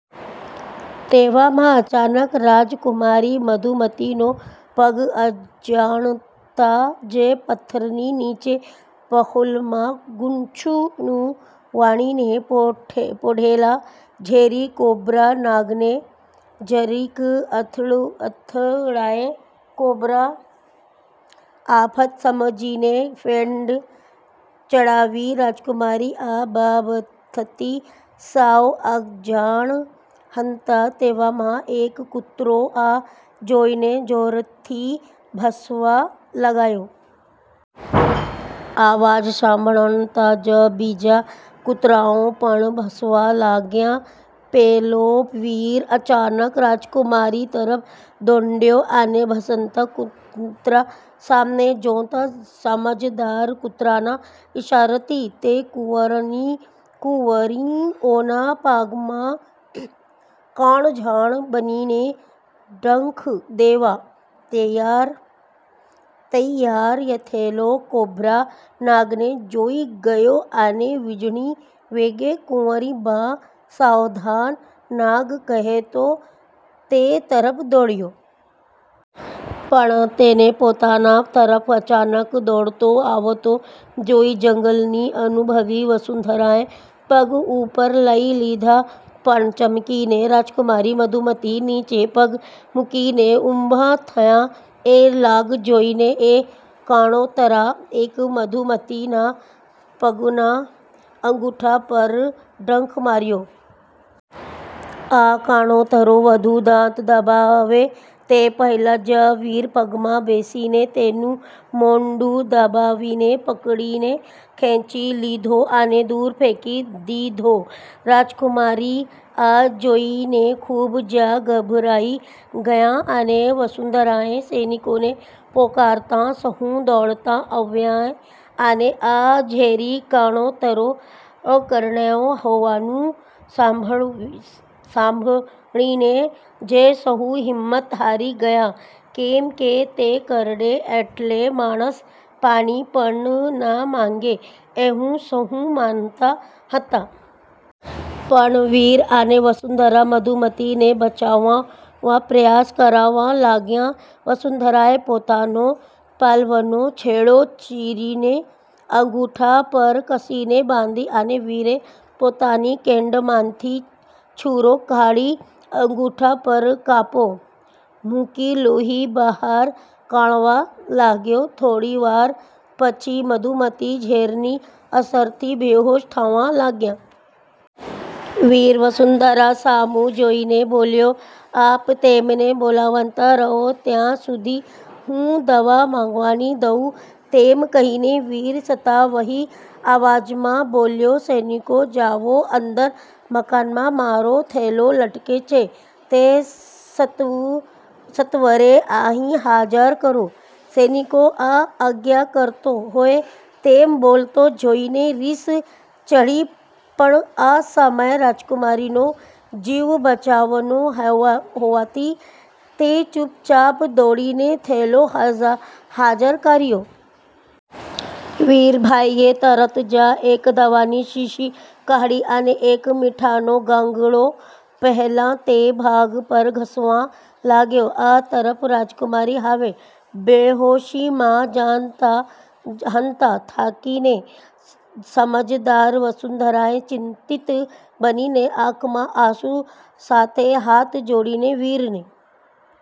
તેવામાં અચાનક રાજકુમારી મધુમતીનો પગ અજાણતાં જ પથ્થરની નીચે બખોલમાં ગુંચળું વાળીને પોઢેલા ઝેરી કોબ્રા નાગને જરીક અથડુંઅથડાયો. કોબ્રા આફત સમજીને ફેણ ચડાવી. રાજકુમારી આ બાબતથી સાવ અજાણ હતાં. તેવામાં એક કૂતરો આ જોઈને જોરથી ભસવા લાગાયો. આવાંજ સાંભળતાં જ બીજા કુતરાંઓ પણ ભસવા લાગ્યાં. પેલો વીર અચાનક રાજકુમારી તરફ દોંડીયો અને ભસતાં કુતરાં સામને જોતાં સમજદાર કુતરાના ઇશારાથી તે કુંવારનીકુંવરીઓના પગમાં કાળઝાળ બનીને ડંખ દેવા તૈયાર થયેલો કોબ્રા નાગને જોઈ ગયો અને વીજળી વેગે "કુંવરીબા સાવધાન, નાગ" કહેતો તે તરફ દોડ્યો. પણ તેને પોતાનાં તરફ અચાનક દોડતો આવતો જોઈ જંગલની અનુભવી વસુંધરાએ પગ ઉપર લઈ લીધા પણ ચમકીને રાજકુમારી મધુમતી નીચે પગ મૂકીને ઊભાં થયાં. એ લાગ જોઈને એ કાળોતરાએક મધુમતીનાં પગનાં અંગુઠા પર ડંખ માર્યો. આ કાળોતરો વઘુ દાંત દબાવે તે પહેલાં જ વીર પગમાં બેસીને તેનું મોઢું દબાવીને પકડીને ખેંચી લીધો અને દુર ફેંકી દીધો. રાજકુમારી આ જોઈને ખુબ જ ગભરાઈ ગયાં અને વસુંધરાએ સૈનિકોને પોકારતાં સહુ દોડતાં આવ્યાં, અને આ ઝેરી કાળોતરો કરડ્યો હોવાનું સંભાળસાંભળીને જ સહુ હિંમત હારી ગયાં, કેમ કે તે કરડે એટલે માણસ પાણી પણ ન માંગે એવું સહુ માનતા હતાં. પણ વીર અને વસુંધરા મધુમતીને બચાવવાં પ્રયાસ કરાવા લાગ્યાં. વસુંધરાએ પોતાનો પાલ્વનો છેડો ચીરીને અંગુઠા પર કસીને બાંધી અને વીરે પોતાની કેડમાંથી છૂરો કાઢી અંગુઠા પર કાપો મૂકી લોહી બહાર કાઢવાં લાગ્યો. થોડીવાર પછી મધુમતી ઝેરની અસરથી બેહોશ થવાં લાગ્યાં. વીર વસુંધરા સામું જોઈને બોલ્યો,"આપ તેમને બોલાવતાં રહો, ત્યાં સુધી હું દવા મંગવાની દઉ" તેમ કહીને વીર સત્તાવહી અવાજમાં બોલ્યો,"સૈનિકો જાવો અંદર મકાનમાં મારો થેલો લટકે છે, તે સત્વસત્વરે અહીં હાજર કરો." સૈનિકોને આ આજ્ઞા કરતો હોય તેમ બોલતો જોઈને રીસ ચડી પણ આ સમય રાજકુમારીનો જીવ બચાવવાનો હેવહોવાથી તે ચુપચાપ દોડીને થેલો હાજહાજર કર્યોં. વીરભાઈએ તરત જ એક દવાની શીશી કાઢી અને એક મીઠાનો ગાંગડો પહેલાં તે ભાગ પર ઘસવાં લાગ્યો. આ તરફ રાજકુમારી હવે બેહોશીમાં જતાં હતાં. થાકીને સમજદાર વસુંધરાએ ચિંતિત બનીને આંખમાં આંસું સાથે હાથ જોડીને વીરને